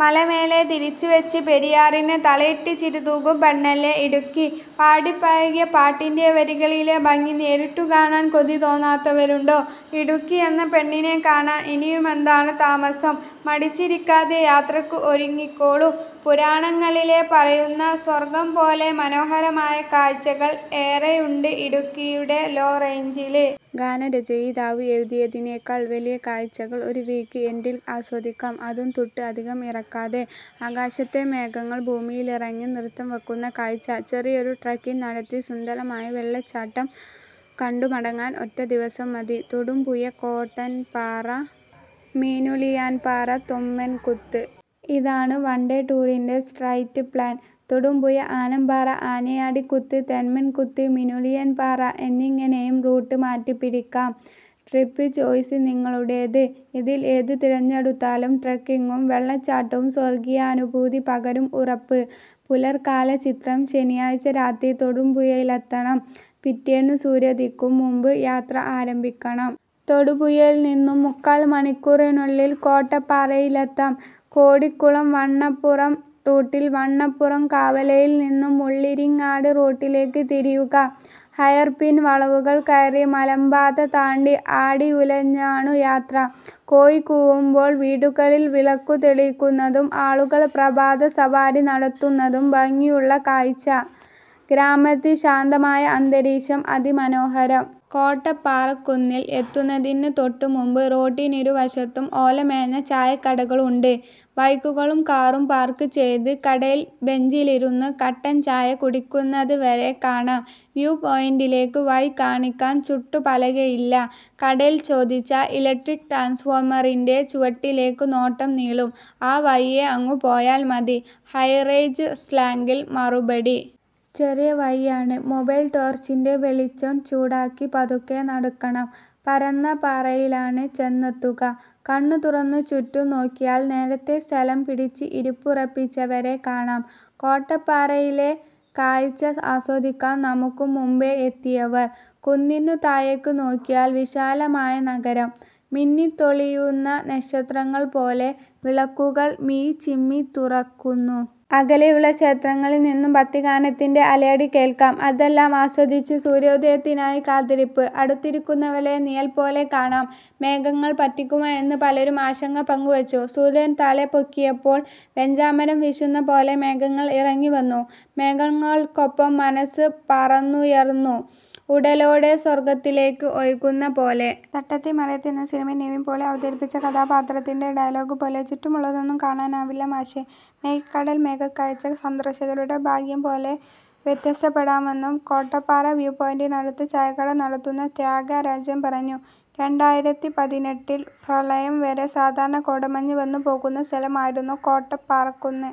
മലമേലെ തിരിച്ച്വച്ച് പെരിയാറിന് തളയിട്ട് ചിരിതൂകും പെണ്ണല്ലേ ഇടുക്കി. പാടിപ്പഴകിയ പാട്ടിന്റെ വരികളിലെ ഭംഗി നേരിട്ടു കാണാൻ കൊതി തോന്നാത്തവരുണ്ടോ? ഇടുക്കി എന്ന പെണ്ണിനെ കാണാൻ ഇനിയുമെന്താണു താമസം? മടിച്ചിരിക്കാതെ യാത്രയ്ക്ക് ഒരുങ്ങിക്കോളൂ. പുരാണങ്ങളിൽ പറയുന്ന സ്വർഗം പോലെ മനോഹരമായ കാഴ്ചകൾ ഏറെയുണ്ട് ഇടുക്കിയുടെ ' ലോ റേഞ്ചില് '. ഗാനരചയിതാവ് എഴുതിയതിനേക്കാൾ വലിയ കാഴ്ചകൾ ഒരു വീക്ക് എൻഡിൽ ആദ്വസിക്കാം. അതും ' തുട്ട് ' അധികം ഇറക്കാതെ. ആകാശത്തെ മേഘങ്ങൾ ഭൂമിയിലിറങ്ങി നൃത്തം വയ്ക്കുന്ന കാഴ്ച. ചെറിയൊരു ട്രെക്കിങ് നടത്തി, സുന്ദരമായ വെള്ളച്ചാട്ടം കണ്ടു മടങ്ങാൻ ഒറ്റ ദിവസം മതി. തൊടുപുഴ കോട്ടപ്പാറ- മീനുളിയാൻപാറ തൊമ്മൻകുത്ത്. ഇതാണു വൺ ഡേ ടൂറിന്റെ സ്ട്രെയിറ്റ് പ്ലാൻ. തൊടുപുഴ, ആനപ്പാറ ആനയാടിക്കുത്ത്, തൊമ്മൻകുത്ത് ,മീനുളിയാൻപാറ എന്നിങ്ങനെയും റൂട്ട് മാറ്റിപ്പിടിക്കാം. ട്രിപ്പ് ചോയ്സ് നിങ്ങളുടേത്. ഇതിൽ ഏതു തിരഞ്ഞെടുത്താലും ട്രെക്കിങ്ങും വെള്ളച്ചാട്ടവും സ്വർഗീയാനുഭൂതി പകരും, ഉറപ്പ്. പുലർകാല ചിത്രം ശനിയാഴ്ച രാത്രി തൊടുപുഴയിലെത്തണം. പിറ്റേന്നു സൂര്യനുദിക്കും മുൻപ് യാത്ര ആരംഭിക്കണം. തൊടുപുഴയിൽ നിന്നു മുക്കാൽ മണിക്കൂറിനുള്ളിൽ കോട്ടപ്പാറയിലെത്താം. കോടിക്കുളം വണ്ണപ്പുറം റൂട്ടിൽ വണ്ണപ്പുറം കവലയിൽ നിന്നു മുള്ളിരിങ്ങാട് റോഡിലേക്ക് തിരിയുക. ഹെയർപിൻ വളവുകൾ കയറി, മലമ്പാത താണ്ടി ആടിയുലഞ്ഞാണു യാത്ര. കോഴി കൂവുമ്പോൾ വീടുകളിൽ വിളക്കു തെളിയുന്നതും ആളുകൾ പ്രഭാത സവാരി നടത്തുന്നതും ഭംഗിയുള്ള കാഴ്ച. ഗ്രാമത്തിന്റെ ശാന്തമായ അന്തരീക്ഷം അതിമനോഹരം. കോട്ടപ്പാറക്കുന്നിൽ എത്തുന്നതിനു തൊട്ടു മുൻപ് റോഡിനിരുവശത്തും ഓലമേഞ്ഞ ചായക്കടകളുണ്ട്. ബൈക്കുകളും കാറും പാർക്ക് ചെയ്ത് കടയിലെ ബെഞ്ചിലിരുന്നു കട്ടൻ ചായ കുടിക്കുന്നവരെ കാണാം. വ്യൂ പോയിന്റിലേക്കു വഴി കാണിക്കാൻ ചൂണ്ടു പലകയില്ല. കടയിൽ ചോദിച്ചാൽ ഇലക്ട്രിക് ട്രാൻസ്ഫോമറിന്റെ ചുവട്ടിലേക്കു നോട്ടം നീളും. ' ആ വഴിയേ അങ്ങു പോയാൽ മതി ' ഹൈറേഞ്ച് സ്ലാങ്ങിൽ മറുപടി. ചെറിയ വഴിയാണ്. മൊബൈൽ ടോർച്ചിന്റെ വെളിച്ചം ചൂടാക്കി പതുക്കെ നടക്കണം. പരന്ന പാറയിലാണ് ചെന്നെത്തുക. കണ്ണു തുറന്നു ചുറ്റും നോക്കിയാൽ നേരത്തേ സ്ഥലം പിടിച്ച് ഇരിപ്പുറപ്പിച്ചവരെ കാണാം. കോട്ടപ്പാറയിലെ കാഴ്ച ആസ്വദിക്കാൻ നമുക്കു മുൻപേ എത്തിയവർ. കുന്നിനു താഴേക്കു നോക്കിയാൽ വിശാലമായ നഗരം. മിന്നിത്തൊളിയുന്ന നക്ഷത്രങ്ങൾ പോലെ വിളക്കുകൾ മിഴിചിമ്മിത്തുറക്കുന്നു. അകലെയുള്ള ക്ഷേത്രങ്ങളിൽ നിന്നു ഭക്തിഗാനത്തിന്റെ അലയടി കേൾക്കാം. അതെല്ലാം ആസ്വദിച്ച് സൂര്യോദയത്തിനായി കാത്തിരിപ്പ്. അടുത്തിരിക്കുന്നവരെ നിഴല്പോലെ കാണാം. മേഘങ്ങൾ പറ്റിക്കുമോ എന്നു പലരും ആശങ്ക പങ്കുവച്ചു. സൂര്യൻ തലപൊക്കിയപ്പോൾ വെഞ്ചാമരം വീശുന്ന പോലെ മേഘങ്ങൾ ഇറങ്ങി വന്നു. മേഘങ്ങൾക്കൊപ്പം മനസ്സ് പറന്നുയർന്നു. ഉടലോടെ സ്വർഗ്ഗത്തിലേക്ക് ഒഴുകുന്ന പോലെ. ' തട്ടത്തിൻ മറയത്ത് ' എന്ന സിനിമയിൽ നിവിൻ പോളി അവതരിപ്പിച്ച കഥാപാത്രത്തിന്റെ ഡയലോഗ് പോലെ ' ചുറ്റുമുള്ളതൊന്നും കാണാനാവില്ല മാഷേ '. മേഘക്കടൽ മേഘക്കാഴ്ച സന്ദർശകരുടെ ഭാഗ്യം പോലെ വ്യത്യാസപ്പെടാമെന്നു കോട്ടപ്പാറ വ്യൂ പോയിന്റിനടത്തു ചായക്കട നടത്തുന്ന ത്യാഗരാജൻ പറഞ്ഞു. രണ്ടായിരത്തിപതിനെട്ടിൽ പ്രളയം വരെ സാധാരണ കോടമഞ്ഞ് വന്നു പോകുന്ന സ്ഥലമായിരുന്നു കോട്ടപ്പാറക്കുന്ന്.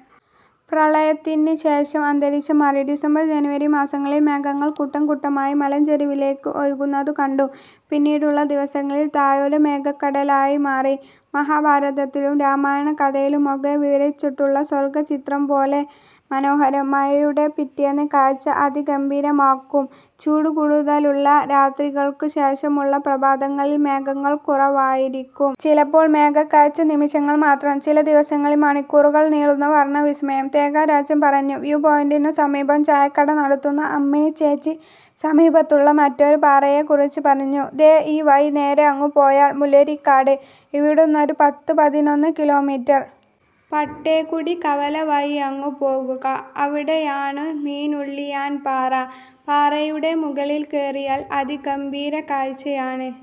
പ്രളയത്തിനു ശേഷം അന്തരീക്ഷം മാറി. ഡിസംബർ, ജനുവരി മാസങ്ങളിൽ മേഘങ്ങൾ കൂട്ടംകൂട്ടമായി മലഞ്ചെരിവിലേക്ക് ഒഴുകുന്നതു കണ്ടു. പിന്നീടുള്ള ദിവസങ്ങളിൽ താഴ്വര മേഘക്കടലായി മാറി. മഹാഭാരതത്തിലും രാമായണ കഥയിലുമൊക്കെ വിവരിച്ചിട്ടുള്ള സ്വർഗചിത്രം പോലെ മനോഹരം. മഴയുടെ പിറ്റേന്ന് കാഴ്ച അതിഗംഭീരമാകും. ചൂട് കൂടുതലുള്ള രാത്രികൾക്കു ശേഷമുള്ള പ്രഭാതങ്ങളിൽ മേഘങ്ങൾ കുറവായിരിക്കും. ചിലപ്പോൾ മേഘക്കാഴ്ച നിമിഷങ്ങൾ മാത്രം. ചില ദിവസങ്ങളിൽ മണിക്കൂറുകൾ നീളുന്ന വർണവിസ്മയം. ത്യാഗരാജൻ പറഞ്ഞു. വ്യൂപോയിന്റിനു സമീപം ചായക്കട നടത്തുന്ന അമ്മിണി ചേച്ചി സമീപത്തുള്ള മറ്റൊരു പാറയെക്കുറിച്ച് പറഞ്ഞു. '' ദേ, ഈ വഴി നേരെയങ്ങു പോയാൽ മുള്ളിരിങ്ങാട്. ഇവിടുന്നൊരു പത്തു പതിനൊന്ന് കിലോമീറ്റർ. പട്ടേക്കുടി കവല വഴിയങ്ങു പോവുക. അവിടെയാണു മീനുളിയാൻപാറ. പാറയുടെ മുകളിൽ കയറിയാൽ അതിഗംഭീര കാഴ്ചയാണ്.